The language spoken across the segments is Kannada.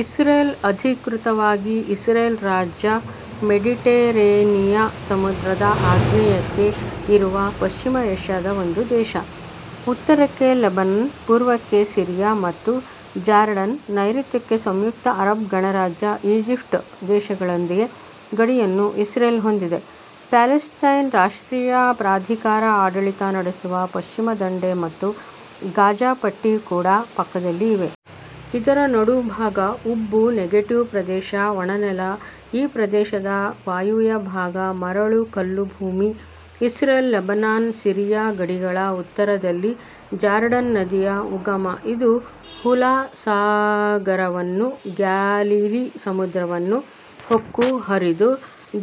ಇಸ್ರೇಲ್, ಅಧಿಕೃತವಾಗಿ ಇಸ್ರೇಲ್ ರಾಜ್ಯ, ಮೆಡಿಟೆರೇನಿಯ ಸಮುದ್ರ ದ ಆಗ್ನೇಯಕ್ಕೆ ಇರುವ ಪಶ್ಚಿಮ ಏಷ್ಯಾ ದ ಒಂದು ದೇಶ. ಉತ್ತರಕ್ಕೆ ಲೆಬನನ್, ಪೂರ್ವಕ್ಕೆ ಸಿರಿಯ ಮತ್ತು ಜಾರ್ಡನ್, ನೈರುತ್ಯಕ್ಕೆ ಸಂಯುಕ್ತ ಅರಬ್ ಗಣರಾಜ್ಯ ಈಜಿಪ್ಟ್ ದೇಶಗಳೊಂದಿಗೆ ಗಡಿಯನ್ನು ಇಸ್ರೇಲ್ ಹೊಂದಿದೆ. ಪ್ಯಾಲೆಸ್ತೈನ್ ರಾಷ್ಟ್ರೀಯ ಪ್ರಾಧಿಕಾರ ಆಡಳಿತ ನಡೆಸುವ ಪಶ್ಚಿಮ ದಂಡೆ ಮತ್ತು ಗಾಜಾ ಪಟ್ಟಿ ಕೂಡ ಪಕ್ಕದಲ್ಲಿ ಇವೆ. ಇದರ ನಡುಭಾಗ ಉಬ್ಬು. ನೆಗೆವ್ ಪ್ರದೇಶ ಒಣನೆಲ. ಈ ಪ್ರದೇಶದ ವಾಯವ್ಯಭಾಗ ಮರಳುಕಲ್ಲುಭೂಮಿ. ಇಸ್ರೇಲ್-ಲೆಬನಾನ್-ಸಿರಿಯ ಗಡಿಗಳ ಉತ್ತರದಲ್ಲಿ ಜಾರ್ಡನ್ ನದಿಯ ಉಗಮ. ಇದು ಹುಲ ಸಾಗರವನ್ನೂ ಗ್ಯಾಲಿಲೀ ಸಮುದ್ರವನ್ನು ಹೊಕ್ಕು ಹರಿದು,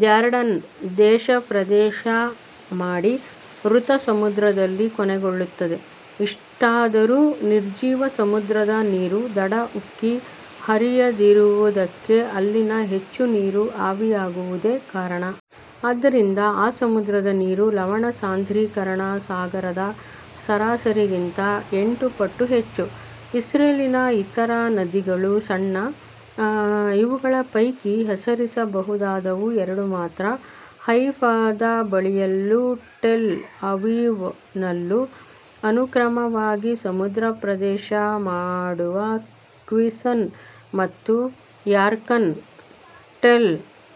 ಜಾರ್ಡನ್ ದೇಶ ಪ್ರದೇಶ ಮಾಡಿ, ವೃತ ಸಮುದ್ರದಲ್ಲಿ ಕೊನೆಗೊಳ್ಳುತ್ತದೆ. ಇಷ್ಟಾದರೂ ನಿರ್ಜೀವ ಸಮುದ್ರದ ನೀರು ದಡ ಉಕ್ಕಿ ಹರಿಯದಿರುವುದಕ್ಕೆ ಅಲ್ಲಿನ ಹೆಚ್ಚು ನೀರು ಆವಿಯಾಗುವುದೇ ಕಾರಣ. ಆದ್ದರಿಂದ ಆ ಸಮುದ್ರದ ನೀರಿನ ಲವಣ ಸಾಂದ್ರೀಕರಣ ಸಾಗರದ ಸರಾಸರಿಗಿಂತ ಎಂಟು ಪಟ್ಟು ಹೆಚ್ಚು. ಇಸ್ರೇಲಿನ ಇತರ ನದಿಗಳು ಸಣ್ಣ. ಇವುಗಳ ಪೈಕಿ ಹೆಸರಿಸಬಹುದಾದವು ಎರಡು ಮಾತ್ರ: ಹೈಫದ ಬಳಿಯಲ್ಲೂ ಟೆಲ್ ಅವೀವ್ ನಲ್ಲೂ ಅನುಕ್ರಮವಾಗಿ ಸಮುದ್ರ ಪ್ರವೇಶ ಮಾಡುವ ಕ್ವಿಸನ್ ಮತ್ತು ಯಾರ್ಕನ್. ಟೆಲ್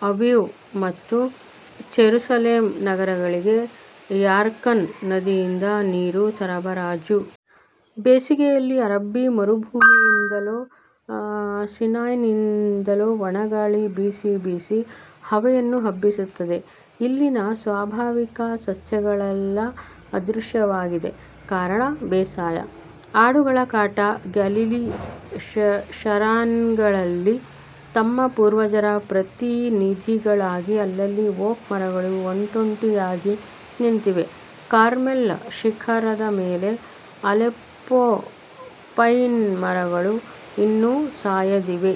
ಅವೀವ್ ಮತ್ತು ಚೆರೂಸಲೆಂ ನಗರಗಳಿಗೆ ಯಾರ್ಕನ್ ನದಿಯಿಂದ ನೀರು ಸರಬರಾಜು. ಬೇಸಗೆಯಲ್ಲಿ ಅರಬ್ಬೀ ಮರುಭೂಮಿಯಿಂದಲೋ ಸಿನಾಯ್ನಿಂದಲೋ ಒಣಗಾಳಿ ಬಿಸಿ ಬಿಸಿ ಹವೆಯನ್ನು ಹಬ್ಬಿಸುತ್ತದೆ. ಇಲ್ಲಿನ ಸ್ವಾಭಾವಿಕ ಸಸ್ಯಗಳೆಲ್ಲ ಅದೃಶ್ಯವಾಗಿದೆ. ಕಾರಣ ಬೇಸಾಯ, ಆಡುಗಳ ಕಾಟ, ಗ್ಯಾಲಿಲಿ, ಷರಾನ್ಗಳಲ್ಲಿ ತಮ್ಮ ಪೂರ್ವಜರ ಪ್ರತಿ ನಿಧಿಗಳಾಗಿ ಅಲ್ಲಲ್ಲಿ ಓಕ್ ಮರಗಳು ಒಂಟೊಂಟಿಯಾಗಿ ನಿಂತಿವೆ. ಕಾರ್ಮೆಲ್ ಶಿಖರದ ಮೇಲೆ ಅಲೆಪ್ಪೊ ಪೈನ್ ಮರಗಳು ಇನ್ನೂ ಸಾಯದಿವೆ.